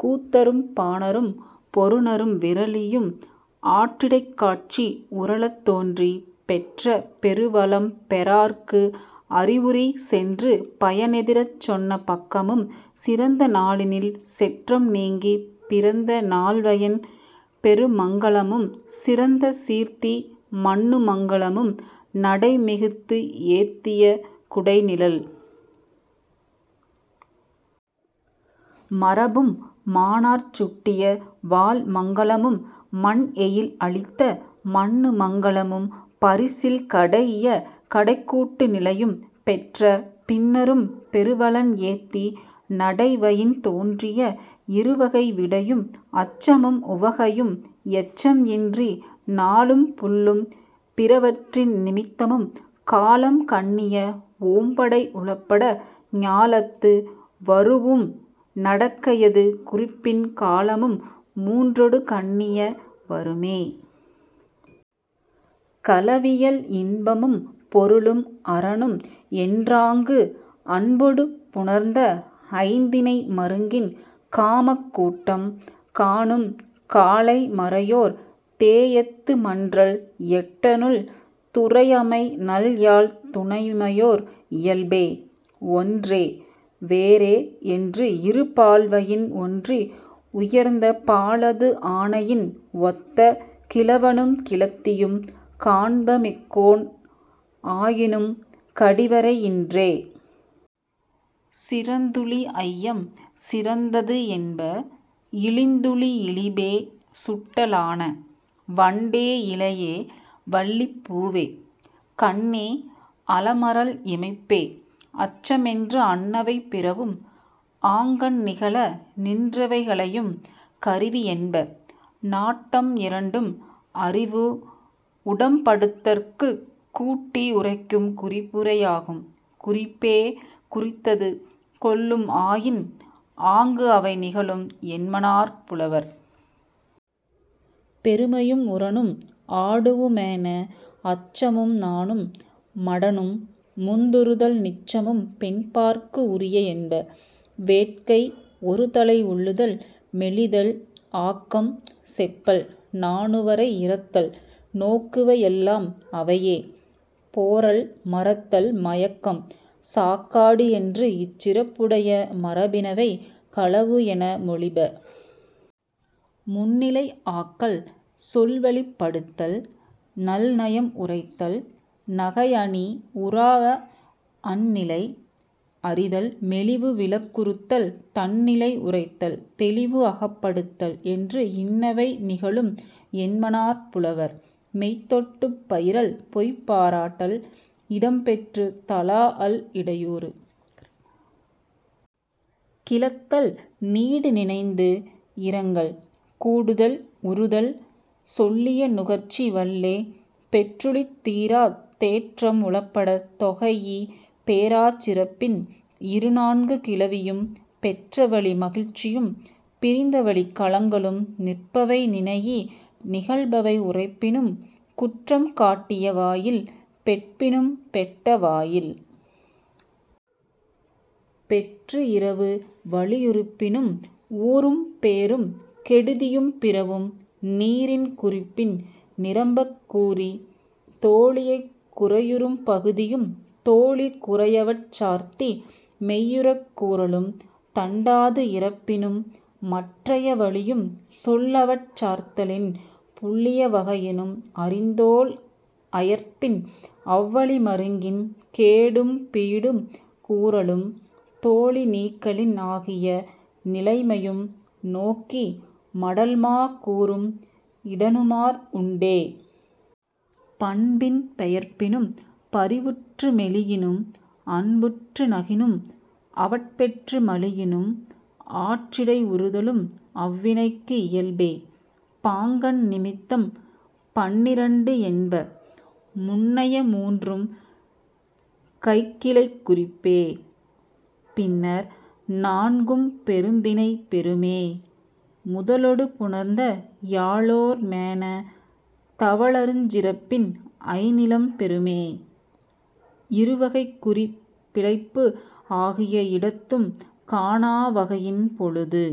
கூத்தரும் பாணரும் பொருநரும் விறலியும் ஆற்றிடைக் காட்சி உறழத் தோன்றி பெற்ற பெரு வளம் பெறாஅர்க்கு அறிவுறீஇ சென்று பயன் எதிரச் சொன்ன பக்கமும் சிறந்த நாளினில் செற்றம் நீங்கி பிறந்த நாள்வயின் பெருமங்கலமும் சிறந்த சீர்த்தி மண்ணுமங்கலமும் நடை மிகுத்து ஏத்திய குடை நிழல் மரபும் மாணார்ச் சுட்டிய வாள்மங்கலமும் மன் எயில் அழித்த மண்ணுமங்கலமும் பரிசில் கடைஇய கடைக்கூட்டு நிலையும் பெற்ற பின்னரும் பெரு வளன் ஏத்தி நடைவயின் தோன்றிய இரு வகை விடையும் அச்சமும் உவகையும் எச்சம் இன்றி நாளும் புள்ளும் பிறவற்றின் நிமித்தமும் காலம் கண்ணிய ஓம்படை உளப்பட ஞாலத்து வரூஉம் நடக்கையது குறிப்பின் காலமும் மூன்றொடு கண்ணிய வருமே.. களவியல் இன்பமும் பொருளும் அறனும் என்றாங்கு அன்பொடு புணர்ந்த ஐந்திணை மருங்கின் காமக் கூட்டம் காணும் காலை மறையோர் தேஎத்து மன்றல் எட்டனுள் துறை அமை நல் யாழ்த் துணைமையோர் இயல்பே. ஒன்றே வேறே என்று இரு பால்வயின் ஒன்றி உயர்ந்த பாலது ஆணையின் ஒத்த கிழவனும் கிழத்தியும் காண்ப மிக்கோன் ஆயினும் கடி வரை இன்றே. சிறந்துழி ஐயம் சிறந்தது என்ப இழிந்துழி இழிபே சுட்டலான. வண்டே இழையே வள்ளி பூவே கண்ணே அலமரல் இமைப்பே அச்சம் என்று அன்னவை பிறவும் ஆங்கண் நிகழ நின்றவை களையும் கருவி என்ப. நாட்டம் இரண்டும் அறிவு உடம்படுத்தற்குக் கூட்டி உரைக்கும் குறிப்புரை ஆகும். குறிப்பே குறித்தது கொள்ளும் ஆயின் ஆங்கு அவை நிகழும் என்மனார் புலவர். பெருமையும் உரனும் ஆடூஉ மேன. அச்சமும் நாணும் மடனும் முந்துறுதல் நிச்சமும் பெண்பாற்கு உரிய என்ப. வேட்கை ஒருதலை உள்ளுதல் மெலிதல் ஆக்கம் செப்பல் நாணு வரை இறத்தல் நோக்குவ எல்லாம் அவையே போறல் மறத்தல் மயக்கம் சாக்காடு என்று இச் சிறப்புடைய மரபினவை களவு என மொழிப. முன்னிலை ஆக்கல் சொல்வழிப்படுத்தல் நல் நயம் உரைத்தல் நகை அனி உறாஅ அந் நிலை அறிதல் மெலிவு விளக்குறுத்தல் தன் நிலை உரைத்தல் தெளிவு அகப்படுத்தல் என்று இன்னவை நிகழும் என்மனார் புலவர். மெய் தொட்டுப் பயிறல் பொய் பாராட்டல் இடம் பெற்றுத் தழாஅல் இடையூறு கிளத்தல் நீடு நினைந்து இரங்கல் கூடுதல் உறுதல் சொல்லிய நுகர்ச்சி வல்லே பெற்றுழித் தீராத் தேற்றம் உளப்படத் தொகைஇ பேராச் சிறப்பின் இரு நான்கு கிளவியும் பெற்றவழி மகிழ்ச்சியும் பிரிந்தவழிக் கலங்கலும் நிற்பவை நினைஇ நிகழ்பவை உரைப்பினும் குற்றம் காட்டிய வாயில் பெட்பினும் பெட்ட வாயில் பெற்று இரவு வலியுறுப்பினும் ஊரும் பேரும் கெடுதியும் பிறவும் நீரின் குறிப்பின் நிரம்பக் கூறித் தோழியைக் குறையுறும் பகுதியும் தோழி குறை அவட் சார்த்தி மெய்யுறக் கூறலும் தண்டாது இரப்பினும் மற்றைய வழியும் சொல் அவட் சார்த்தலின் புல்லிய வகையினும் அறிந்தோள் அயர்ப்பின் அவ் வழி மருங்கின் கேடும் பீடும் கூறலும் தோழி நீக்கலின் ஆகிய நிலைமையும் நோக்கி மடல் மா கூறும் இடனுமார் உண்டே. பண்பின் பெயர்ப்பினும் பரிவுற்று மெலியினும் அன்புற்று நகினும் அவட் பெற்று மலியினும் ஆற்றிடை உறுதலும் அவ் வினைக்கு இயல்பே. பாங்கன் நிமித்தம் பன்னிரண்டு என்ப. முன்னைய மூன்றும் கைக்கிளைக் குறிப்பே. பின்னர் நான்கும் பெருந்திணை பெறுமே. முதலொடு புணர்ந்த யாழோர் மேன தவல் அருஞ் சிறப்பின் ஐந் நிலம் பெறுமே. இரு வகைக் குறி பிழைப்பு ஆகிய இடத்தும் காணா வகையின் பொழுது